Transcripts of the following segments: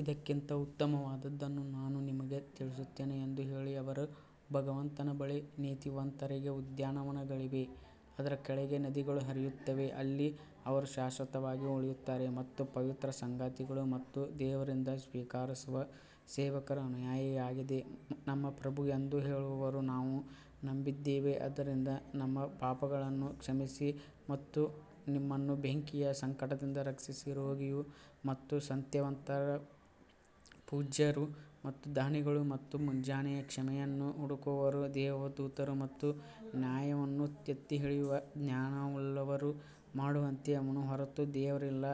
ಇದಕ್ಕಿಂತ ಉತ್ತಮವಾದದ್ದನ್ನು ನಾನು ನಿಮಗೆ ತಿಳಿಸುತ್ತೇನೆ ಎಂದು ಹೇಳಿ, ಅವರ ಭಗವಂತನ ಬಳಿ ನೀತಿವಂತರಿಗೆ ಉದ್ಯಾನವನಗಳಿವೆ, ಅದರ ಕೆಳಗೆ ನದಿಗಳು ಹರಿಯುತ್ತವೆ, ಅಲ್ಲಿ ಅವರು ಶಾಶ್ವತವಾಗಿ ಉಳಿಯುತ್ತಾರೆ ಮತ್ತು ಪವಿತ್ರ ಸಂಗಾತಿಗಳು ಮತ್ತು ದೇವರಿಂದ ಸ್ವೀಕಾರವು ಸೇವಕರ ಅನುಯಾಯಿಯಾಗಿದೆ. ನಮ್ಮ ಪ್ರಭು ಎಂದು ಹೇಳುವವರು ನಾವು ನಂಬಿದ್ದೇವೆ ಆದ್ದರಿಂದ ನಮ್ಮ ಪಾಪಗಳನ್ನು ಕ್ಷಮಿಸಿ ಮತ್ತು ನಮ್ಮನ್ನು ಬೆಂಕಿಯ ಸಂಕಟದಿಂದ ರಕ್ಷಿಸಿ ರೋಗಿಯು ಮತ್ತು ಸತ್ಯವಂತರು ಮತ್ತು ಪೂಜ್ಯರು ಮತ್ತು ದಾನಿಗಳು ಮತ್ತು ಮುಂಜಾನೆ ಕ್ಷಮೆಯನ್ನು ಹುಡುಕುವವರು ದೇವದೂತರು ಮತ್ತು ನ್ಯಾಯವನ್ನು ಎತ್ತಿಹಿಡಿಯುವ ಜ್ಞಾನವುಳ್ಳವರು ಮಾಡುವಂತೆ ಅವನ ಹೊರತು ದೇವರಿಲ್ಲ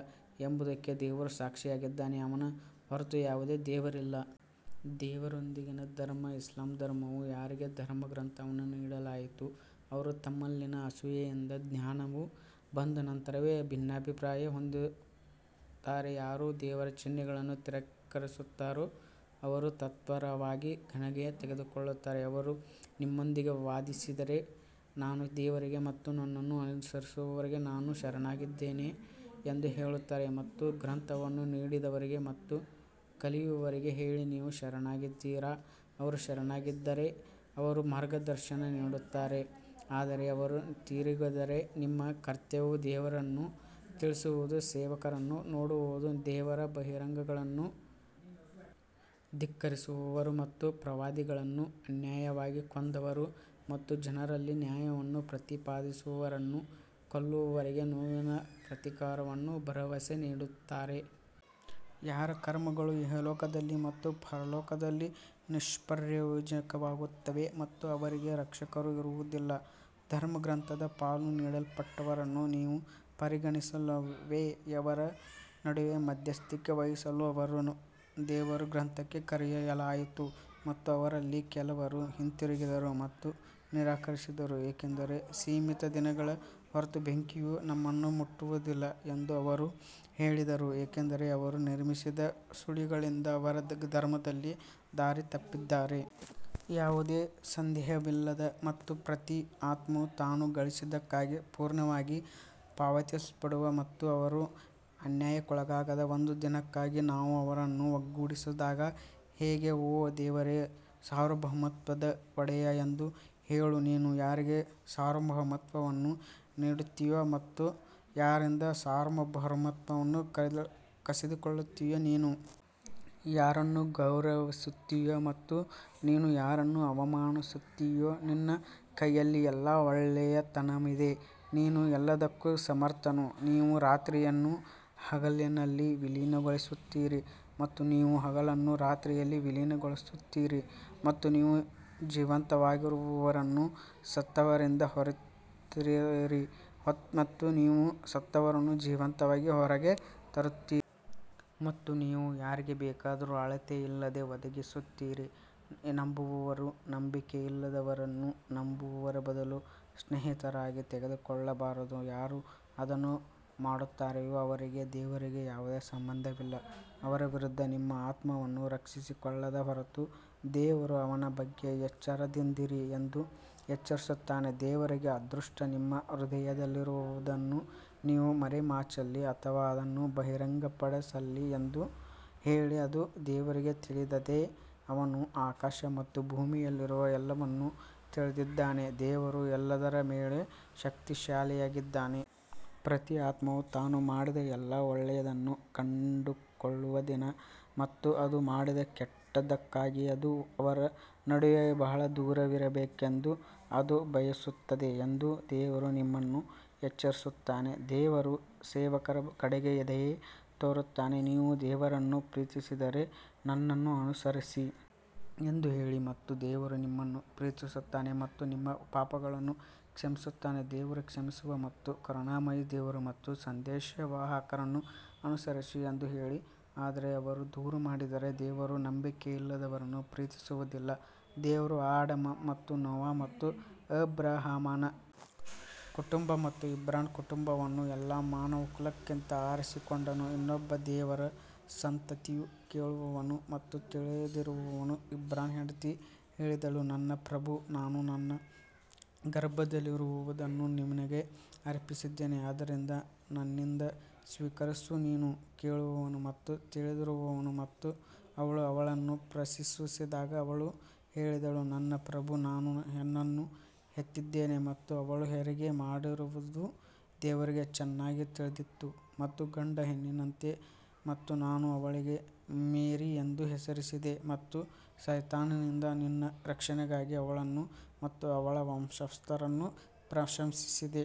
ಎಂಬುದಕ್ಕೆ ದೇವರು ಸಾಕ್ಷಿಯಾಗಿದ್ದಾನೆ, ಅವನ ಹೊರತು ಯಾವುದೇ ದೇವರಿಲ್ಲ. ದೇವರೊಂದಿಗಿನ ಧರ್ಮ ಇಸ್ಲಾಂ ಧರ್ಮವು ಯಾರಿಗೆ ಧರ್ಮಗ್ರಂಥವನ್ನು ನೀಡಲಾಯಿತು, ಅವರು ತಮ್ಮಲ್ಲಿನ ಅಸೂಯೆಯಿಂದ ಜ್ಞಾನವು ಬಂದ ನಂತರವೇ ಭಿನ್ನಾಭಿಪ್ರಾಯ ಹೊಂದುತ್ತಾರೆ, ಯಾರು ದೇವರ ಚಿಹ್ನೆಗಳನ್ನು ತಿರಸ್ಕರಿಸುತ್ತಾರೋ ಅವರು ತ್ವರಿತವಾಗಿ ಗಣನೆಗೆ ತೆಗೆದುಕೊಳ್ಳುತ್ತಾರೆ. ಅವರು ನಿಮ್ಮೊಂದಿಗೆ ವಾದಿಸಿದರೆ ನಾನು ದೇವರಿಗೆ ಮತ್ತು ನನ್ನನ್ನು ಅನುಸರಿಸುವವರಿಗೆ ನಾನು ಶರಣಾಗಿದ್ದೇನೆ ಎಂದು ಹೇಳುತ್ತಾರೆ ಮತ್ತು ಧರ್ಮಗ್ರಂಥವನ್ನು ನೀಡಿದವರಿಗೆ ಮತ್ತು ಕಲಿಯದವರಿಗೆ ಹೇಳಿ ನೀವು ಶರಣಾಗಿದ್ದೀರಾ ಅವರು ಶರಣಾಗಿದ್ದರೆ ಅವರು ಮಾರ್ಗದರ್ಶನ ನೀಡುತ್ತಾರೆ ಆದರೆ ಅವರು ತಿರುಗಿದರೆ ನಿಮ್ಮ ಕರ್ತವ್ಯ ದೇವರನ್ನು ತಿಳಿಸುವುದು ಸೇವಕರನ್ನು ನೋಡುವುದು ದೇವರ ಬಹಿರಂಗಗಳನ್ನು ಧಿಕ್ಕರಿಸುವವರು ಮತ್ತು ಪ್ರವಾದಿಗಳನ್ನು ಅನ್ಯಾಯವಾಗಿ ಕೊಂದವರು ಮತ್ತು ಜನರಲ್ಲಿ ನ್ಯಾಯವನ್ನು ಪ್ರತಿಪಾದಿಸುವವರನ್ನು ಕೊಲ್ಲುವವರಿಗೆ ನೋವಿನ ಪ್ರತೀಕಾರವನ್ನು ಭರವಸೆ ನೀಡುತ್ತಾರೆ. ಯಾರ ಕರ್ಮಗಳು ಇಹಲೋಕದಲ್ಲಿ ಮತ್ತು ಪರಲೋಕದಲ್ಲಿ ನಿಷ್ಪ್ರಯೋಜಕವಾಗುತ್ತವೆ ಮತ್ತು ಅವರಿಗೆ ರಕ್ಷಕರು ಇರುವುದಿಲ್ಲ. ಧರ್ಮಗ್ರಂಥದ ಪಾಲು ನೀಡಲ್ಪಟ್ಟವರನ್ನು ನೀವು ಪರಿಗಣಿಸಲಿಲ್ಲವೇ, ಅವರ ನಡುವೆ ಮಧ್ಯಸ್ಥಿಕೆ ವಹಿಸಲು ಅವರನ್ನು ದೇವರ ಗ್ರಂಥಕ್ಕೆ ಕರೆಯಲಾಯಿತು ಮತ್ತು ಅವರಲ್ಲಿ ಕೆಲವರು ಹಿಂತಿರುಗಿದರು ಮತ್ತು ನಿರಾಕರಿಸಿದರು ಏಕೆಂದರೆ ಸೀಮಿತ ದಿನಗಳ ಹೊರತು ಬೆಂಕಿಯು ನಮ್ಮನ್ನು ಮುಟ್ಟುವುದಿಲ್ಲ ಎಂದು ಅವರು ಹೇಳಿದರು ಏಕೆಂದರೆ ಅವರು ನಿರ್ಮಿಸಿದ ಸುಳ್ಳುಗಳಿಂದ ಅವರ ಧರ್ಮದಲ್ಲಿ ದಾರಿ ತಪ್ಪಿದ್ದಾರೆ. ಯಾವುದೇ ಸಂದೇಹವಿಲ್ಲದ ಮತ್ತು ಪ್ರತಿ ಆತ್ಮವು ತಾನು ಗಳಿಸಿದ್ದಕ್ಕಾಗಿ ಪೂರ್ಣವಾಗಿ ಪಾವತಿಸಲ್ಪಡುವ ಮತ್ತು ಅವರು ಅನ್ಯಾಯಕ್ಕೊಳಗಾಗದ ಒಂದು ದಿನಕ್ಕಾಗಿ ನಾವು ಅವರನ್ನು ಒಟ್ಟುಗೂಡಿಸಿದಾಗ ಹೇಗೆ? ಓ ದೇವರೇ ಸಾರ್ವಭೌಮತ್ವದ ಒಡೆಯ ಎಂದು ಹೇಳು ನೀನು ಯಾರಿಗೆ ಸಾರ್ವಭೌಮತ್ವವನ್ನು ನೀಡುತ್ತೀಯೋ ಮತ್ತು ಯಾರಿಂದ ಸಾರ್ವಭೌಮತ್ವವನ್ನು ಕಸಿದುಕೊಳ್ಳುತ್ತೀಯೋ ನೀನು ಯಾರನ್ನು ಗೌರವಿಸುತ್ತೀಯೋ ಮತ್ತು ನೀನು ಯಾರನ್ನು ಅವಮಾನಿಸುತ್ತೀಯೋ ನಿನ್ನ ಕೈಯಲ್ಲಿ ಎಲ್ಲಾ ಒಳ್ಳೆಯತನವಿದೆ ನೀನು ಎಲ್ಲದಕ್ಕೂ ಸಮರ್ಥನು ನೀವು ರಾತ್ರಿಯನ್ನು ಹಗಲಿನಲ್ಲಿ ವಿಲೀನಗೊಳಿಸುತ್ತೀರಿ ಮತ್ತು ನೀವು ಹಗಲನ್ನು ರಾತ್ರಿಯಲ್ಲಿ ವಿಲೀನಗೊಳಿಸುತ್ತೀರಿ ಮತ್ತು ನೀವು ಜೀವಂತವಾಗಿರುವವರನ್ನು ಸತ್ತವರಿಂದ ಹೊರತರುತ್ತೀರಿ ಮತ್ತು ನೀವು ಸತ್ತವರನ್ನು ಜೀವಂತವಾಗಿ ಹೊರಗೆ ತರುತ್ತೀರಿ ಮತ್ತು ನೀವು ಯಾರಿಗೆ ಬೇಕಾದರೂ ಅಳತೆಯಿಲ್ಲದೆ ಒದಗಿಸುತ್ತೀರಿ ನಂಬುವವರು ನಂಬಿಕೆಯಿಲ್ಲದವರನ್ನು ನಂಬುವವರ ಬದಲು ಸ್ನೇಹಿತರಾಗಿ ತೆಗೆದುಕೊಳ್ಳಬಾರದು, ಯಾರು ಅದನ್ನು ಮಾಡುತ್ತಾರೆಯೋ ಅವರಿಗೆ ದೇವರಿಗೆ ಯಾವುದೇ ಸಂಬಂಧವಿಲ್ಲ, ಅವರ ವಿರುದ್ಧ ನಿಮ್ಮ ಆತ್ಮವನ್ನು ರಕ್ಷಿಸಿಕೊಳ್ಳದ ಹೊರತು ದೇವರು ಅವನ ಬಗ್ಗೆ ಎಚ್ಚರದಿಂದಿರಿ ಎಂದು ಎಚ್ಚರಿಸುತ್ತಾನೆ ದೇವರಿಗೆ ಅದೃಷ್ಟ ನಿಮ್ಮ ಹೃದಯದಲ್ಲಿರುವುದನ್ನು ನೀವು ಮರೆಮಾಚಲಿ ಅಥವಾ ಅದನ್ನು ಬಹಿರಂಗಪಡಿಸಲಿ ಎಂದು ಹೇಳಿ, ಅದು ದೇವರಿಗೆ ತಿಳಿದಿದೆ, ಅವನು ಆಕಾಶ ಮತ್ತು ಭೂಮಿಯಲ್ಲಿರುವ ಎಲ್ಲವನ್ನೂ ತಿಳಿದಿದ್ದಾನೆ, ದೇವರು ಎಲ್ಲದರ ಮೇಲೆ ಶಕ್ತಿಶಾಲಿಯಾಗಿದ್ದಾನೆ. ಪ್ರತಿ ಆತ್ಮವು ತಾನು ಮಾಡಿದ ಎಲ್ಲಾ ಒಳ್ಳೆಯದನ್ನು ಕಂಡುಕೊಳ್ಳುವ ದಿನ ಮತ್ತು ಅದು ಮಾಡಿದ ಕೆಟ್ಟದ್ದಕ್ಕಾಗಿ ಅದು ಅವರ ನಡುವೆ ಬಹಳ ದೂರವಿರಬೇಕೆಂದು ಅದು ಬಯಸುತ್ತದೆ ಎಂದು ದೇವರು ನಿಮ್ಮನ್ನು ಎಚ್ಚರಿಸುತ್ತಾನೆ, ದೇವರು ಸೇವಕರ ಕಡೆಗೆ ದಯೆ ತೋರುತ್ತಾನೆ ನೀವು ದೇವರನ್ನು ಪ್ರೀತಿಸಿದರೆ ನನ್ನನ್ನು ಅನುಸರಿಸಿ ಎಂದು ಹೇಳಿ ಮತ್ತು ದೇವರು ನಿಮ್ಮನ್ನು ಪ್ರೀತಿಸುತ್ತಾನೆ ಮತ್ತು ನಿಮ್ಮ ಪಾಪಗಳನ್ನು ಕ್ಷಮಿಸುತ್ತಾನೆ ದೇವರು ಕ್ಷಮಿಸುವ ಮತ್ತು ಕರುಣಾಮಯಿ ದೇವರು ಮತ್ತು ಸಂದೇಶವಾಹಕರನ್ನು ಅನುಸರಿಸಿ ಎಂದು ಹೇಳಿ ಆದರೆ ಅವರು ದೂರ ಮಾಡಿದರೆ ದೇವರು ನಂಬಿಕೆಯಿಲ್ಲದವರನ್ನು ಪ್ರೀತಿಸುವುದಿಲ್ಲ ದೇವರು ಆಡಮ್ ಮತ್ತು ನೋವಾ ಮತ್ತು ಅಬ್ರಹಾಮನ ಕುಟುಂಬ ಮತ್ತು ಇಮ್ರಾನ್ ಕುಟುಂಬವನ್ನು ಎಲ್ಲಾ ಮಾನವಕುಲಕ್ಕಿಂತ ಆರಿಸಿಕೊಂಡನು ಇನ್ನೊಬ್ಬ ದೇವರ ಸಂತತಿಯು ಕೇಳುವವನು ಮತ್ತು ತಿಳಿದಿರುವವನು ಇಮ್ರಾನ್ನ ಹೆಂಡತಿ ಹೇಳಿದಳು ನನ್ನ ಪ್ರಭು ನಾನು ನನ್ನ ಗರ್ಭದಲ್ಲಿರುವುದನ್ನು ನಿನಗೆ ಅರ್ಪಿಸಿದ್ದೇನೆ ಆದ್ದರಿಂದ ನನ್ನಿಂದ ಸ್ವೀಕರಿಸು ನೀನು ಕೇಳುವವನು ಮತ್ತು ತಿಳಿದಿರುವವನು ಮತ್ತು ಅವಳು ಅವಳನ್ನು ಪ್ರಸವಿಸಿದಾಗ ಅವಳು ಹೇಳಿದಳು ನನ್ನ ಪ್ರಭು ನಾನು ಹೆಣ್ಣನ್ನು ಹೆತ್ತಿದ್ದೇನೆ ಮತ್ತು ಅವಳು ಹೆರಿಗೆ ಮಾಡಿರುವುದು ದೇವರಿಗೆ ಚೆನ್ನಾಗಿ ತಿಳಿದಿತ್ತು ಮತ್ತು ಗಂಡು ಹೆಣ್ಣಿನಂತಲ್ಲ ಮತ್ತು ನಾನು ಅವಳಿಗೆ ಮೇರಿ ಎಂದು ಹೆಸರಿಸಿದೆ ಮತ್ತು ಸೈತಾನನಿಂದ ನಿನ್ನ ರಕ್ಷಣೆಗಾಗಿ ಅವಳನ್ನು ಮತ್ತು ಅವಳ ವಂಶಸ್ಥರನ್ನು ಪ್ರಶಂಸಿಸಿದೆ.